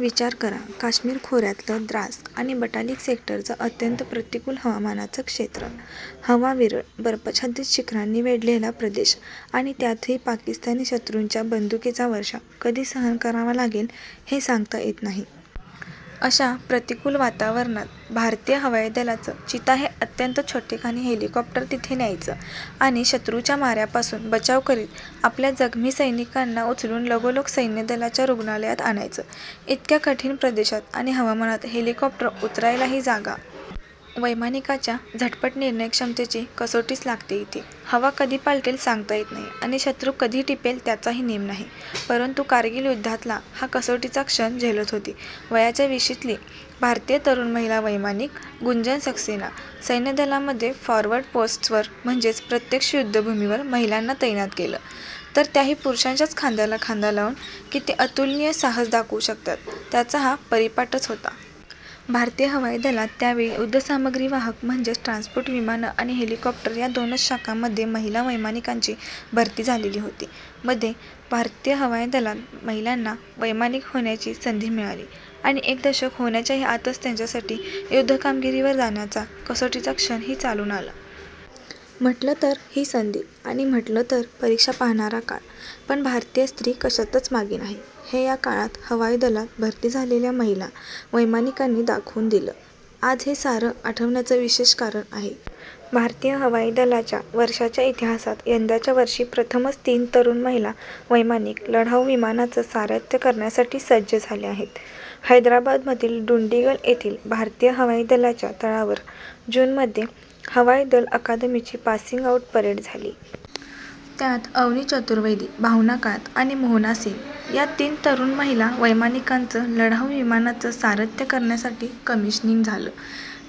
विचार करा, काश्मीर खोऱ्यातलं द्रास आणि बटालिक सेक्टरचं अत्यंत प्रतिकूल हवामानाचं क्षेत्र. हवा विरळ, बर्फाच्छादित शिखरांनी वेढलेला प्रदेश आणि त्यातही पाकिस्तानी शत्रूंच्या बंदुकीचा वर्षाव कधी सहन करावा लागेल, हे सांगता येत नाही. अशा प्रतिकूल वातावरणात भारतीय हवाई दलाचं चीता हे अत्यंत छोटेखानी हेलिकॉप्टर तिथे न्यायचं आणि शत्रूच्या माऱ्यापासून बचाव करीत आपल्या जखमी सैनिकांना उचलून लगोलग सैन्यदलाच्या रुग्णालयात आणायचं… इतक्या कठीण प्रदेशात आणि हवामानात हेलिकॉप्टर उतरवायलाही जागा नसते… वैमानिकाच्या झटपट निर्णयक्षमतेची कसोटीच लागते इथे… हवा कधी पालटेल सांगता येत नाही आणि शत्रू कधी टिपेल, त्याचाही नेम नाही… परंतु कारगील युध्दातला हा कसोटीचा क्षण झेलत होती वयाच्या विशीतली भारतीय तरुण महिला वैमानिक गुंजन सक्सेना… सैन्यदलांमध्ये फॉरवर्ड पोस्ट्सवर म्हणजेच प्रत्यक्ष युध्दभूमीवर महिलांना तैनात केलं, तर त्याही पुरुषांच्याच खांद्याला खांदा लावून किती अतुलनीय साहस दाखवू शकतात, त्याचा हा परिपाठच होता. भारतीय हवाई दलात त्यावेळी युध्दसामग्रीवाहक म्हणजेच ट्रान्सपोर्ट विमानं आणि हेलिकॉप्टर या दोनच शाखांमध्ये महिला वैमानिकांची भरती झालेली होती. मध्ये भारतीय हवाई दलात महिलांना वैमानिक होण्याची संधी मिळाली आणि एक दशक होण्याच्याही आतच त्यांच्यासाठी युध्दकामगिरीवर जाण्याचा कसोटीचा क्षणही चालून आला. म्हटलं तर ही संधी आणि म्हटलं तर परीक्षा पाहणारा काळ. पण भारतीय स्त्री कशातच मागे नाही, हे या काळात हवाई दलात भरती झालेल्या महिला वैमानिकांनी दाखवून दिलं. आज हे सारं आठवण्याचं विशेष कारण आहे. भारतीय हवाई दलाच्या वर्षांच्या इतिहासात यंदाच्या वर्षी प्रथमच तीन तरुण महिला वैमानिक लढाऊ विमानांचं सारथ्य करण्यासाठी सज्ज झाल्या आहेत. हैदराबादमधील डुंडिगल येथील भारतीय हवाई दलाच्या तळावर जूनमध्ये हवाई दल अकादमीची पासिंग आऊट परेड झाली. त्यात अवनी चतुर्वेदी, भावना कांत आणि मोहना सिंग या तीन तरुण महिला वैमानिकांचं लढाऊ विमानांचं सारथ्य करण्यासाठी कमिशनिंग झालं.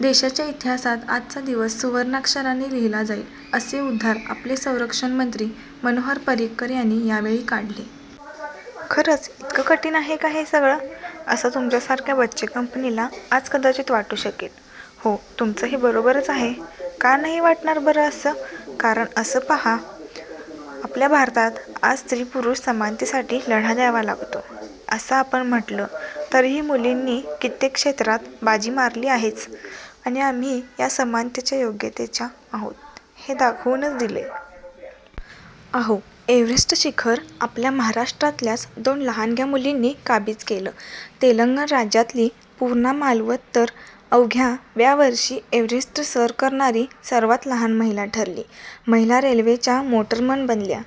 देशाच्या इतिहासात आजचा दिवस सुवर्णाक्षरांनी लिहिला जाईल, असे उद्गार आपले संरक्षणमंत्री मनोहर पर्रीकर यांनी यावेळी काढले. खरंच, इतकं कठीण आहे का हे सगळं, असं तुमच्यासारख्या बच्चेकंपनीला आज कदाचित वाटू शकेल. हो, तुमचंही बरोबरच आहे. का नाही वाटणार बरं असं? कारण असं पहा, आपल्या भारतात आज स्त्री-पुरुष समानतेसाठी लढा द्यावा लागतो असं आपण म्हटलं, तरीही मुलींनी कित्येक क्षेत्रात बाजी मारली आहेच आणि आम्ही या समानतेच्या योग्यतेच्या आहोत, हे दाखवूनच दिलंय. अहो, एव्हरेस्ट शिखर आपल्या महाराष्ट्रातल्याच दोन लहानग्या मुलींनी काबीज केलं, तेलंगण राज्यातली पूर्णा मालवथ तर अवघ्या व्या वर्षी एव्हरेस्ट सर करणारी सर्वात लहान महिला ठरली. महिला रेल्वेच्या मोटरमन बनल्या.